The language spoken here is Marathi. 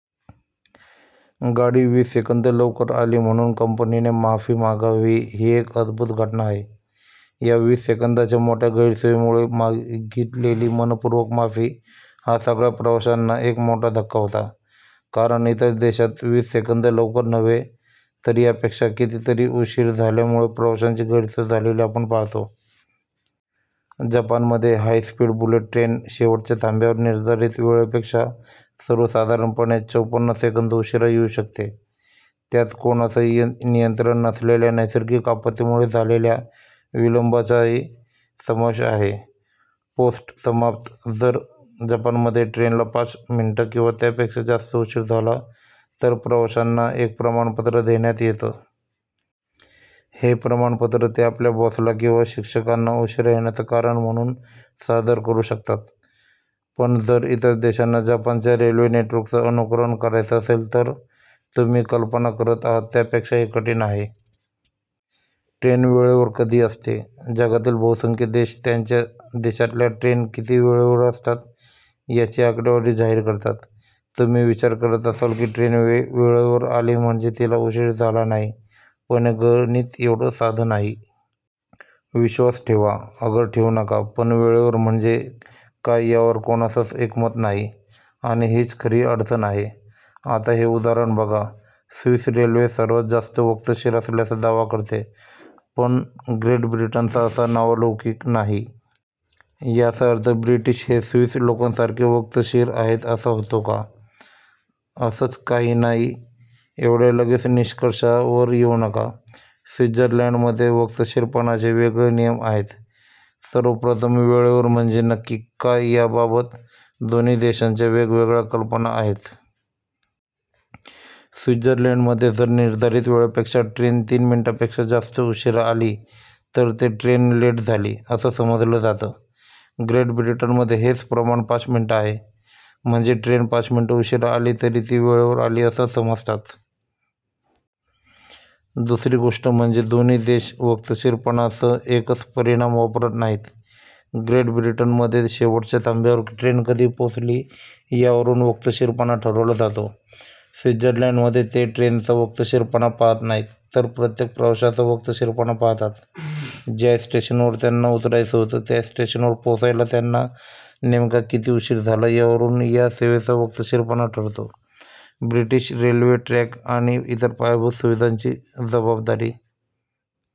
गाडी वीस सेकंद लवकर आली म्हणून कंपनीने माफी मागावी ही एक अद्भूत घटना आहे. या वीस सेकंदाच्या मोठ्या गैरसोयीमुळे मागितलेली मन:पूर्वक माफी हा सगळ्या प्रवाशांना एक मोठा धक्का होता. कारण इतर देशांत वीस सेकंद लवकर नव्हे, तर यापेक्षा कितीतरी उशीर झाल्यामुळे प्रवाशांची गैरसोय झालेली आपण पाहतो. जपानमध्ये हाय स्पीड बुलेट ट्रेन शेवटच्या थांब्यावर निर्धारित वेळेपेक्षा सर्वसाधारणपणे चोपन्न सेकंद उशीरा येऊ शकते. त्यात कोणाचंही नियंत्रण नसलेल्या नैसर्गिक आपत्तीमुळे झालेल्या विलंबाचाही समावेश आहे. पोस्ट समाप्त, जर जपानमध्ये ट्रेनला पाच मिनिटं किंवा त्यापेक्षा जास्त उशीर झाला तर प्रवाशांना एक प्रमाणपत्र देण्यात येतं. हे प्रमाणपत्र ते आपल्या बॉसला किंवा शिक्षकांना उशीरा येण्याचं कारण म्हणून सादर करू शकतात. पण जर इतर देशांना जपानच्या रेल्वे नेटवर्कचं अनुकरण करायचं असेल तर? तुम्ही कल्पना करत आहात त्यापेक्षा हे कठीण आहे. ट्रेन वेळेवर कधी असते? जगातील बहुसंख्य देश त्यांच्या देशातल्या ट्रेन किती वेळेवर असतात याची आकडेवारी जाहीर करतात. तुम्ही विचार करत असाल की, ट्रेन वेळेवर आली म्हणजे तिला उशीर झाला नाही. पण हे गणित एवढं साधं नाही. विश्वास ठेवा अगर ठेवू नका पण वेळेवर म्हणजे काय यावर कोणाचंच एकमत नाही आणि हीच खरी अडचण आहे. आता हे उदाहरण बघा. स्वीस रेल्वे सर्वांत जास्त वक्तशीर असल्याचा दावा करते. पण ग्रेट ब्रिटनचा असा नावलौकिक नाही. याचा अर्थ ब्रिटीश हे स्वीस लोकांसारखे वक्तशीर आहेत असा होतो का? असंच काही नाही. एवढ्या लगेच निष्कर्षावर येऊ नका. स्वित्झर्लंडमध्ये वक्तशीरपणाचे वेगळे नियम आहेत. सर्वप्रथम, वेळेवर म्हणजे नक्की काय याबाबत दोन्ही देशांच्या वेगवेगळ्या कल्पना आहेत. स्वित्झर्लंडमध्ये जर निर्धारित वेळेपेक्षा ट्रेन तीन मिनिटापेक्षा जास्त उशीरा आली तर ते ट्रेन लेट झाली, असं समजलं जातं. ग्रेट ब्रिटनमध्ये हेच प्रमाण पाच मिनिटं आहे. म्हणजे ट्रेन पाच मिनिटं उशीरा आली तरी ती वेळेवर आली असं समजतात. दुसरी गोष्ट म्हणजे दोन्ही देश वक्तशीरपणाचं एकच परिमाण वापरत नाहीत. ग्रेट ब्रिटनमध्ये शेवटच्या थांब्यावर ट्रेन कधी पोहोचली यावरून वक्तशीरपणा ठरवला जातो. स्वित्झर्लंडमध्ये ते ट्रेनचा वक्तशीरपणा पाहात नाहीत तर प्रत्येक प्रवाशाचा वक्तशीरपणा पाहतात. ज्या स्टेशनवर त्यांना उतरायचं होतं त्या स्टेशनवर पोचायला त्यांना नेमका किती उशीर झाला, यावरून या सेवेचा वक्तशीरपणा ठरतो. ब्रिटीश रेल्वे ट्रॅक आणि इतर पायाभूत सुविधांची जबाबदारी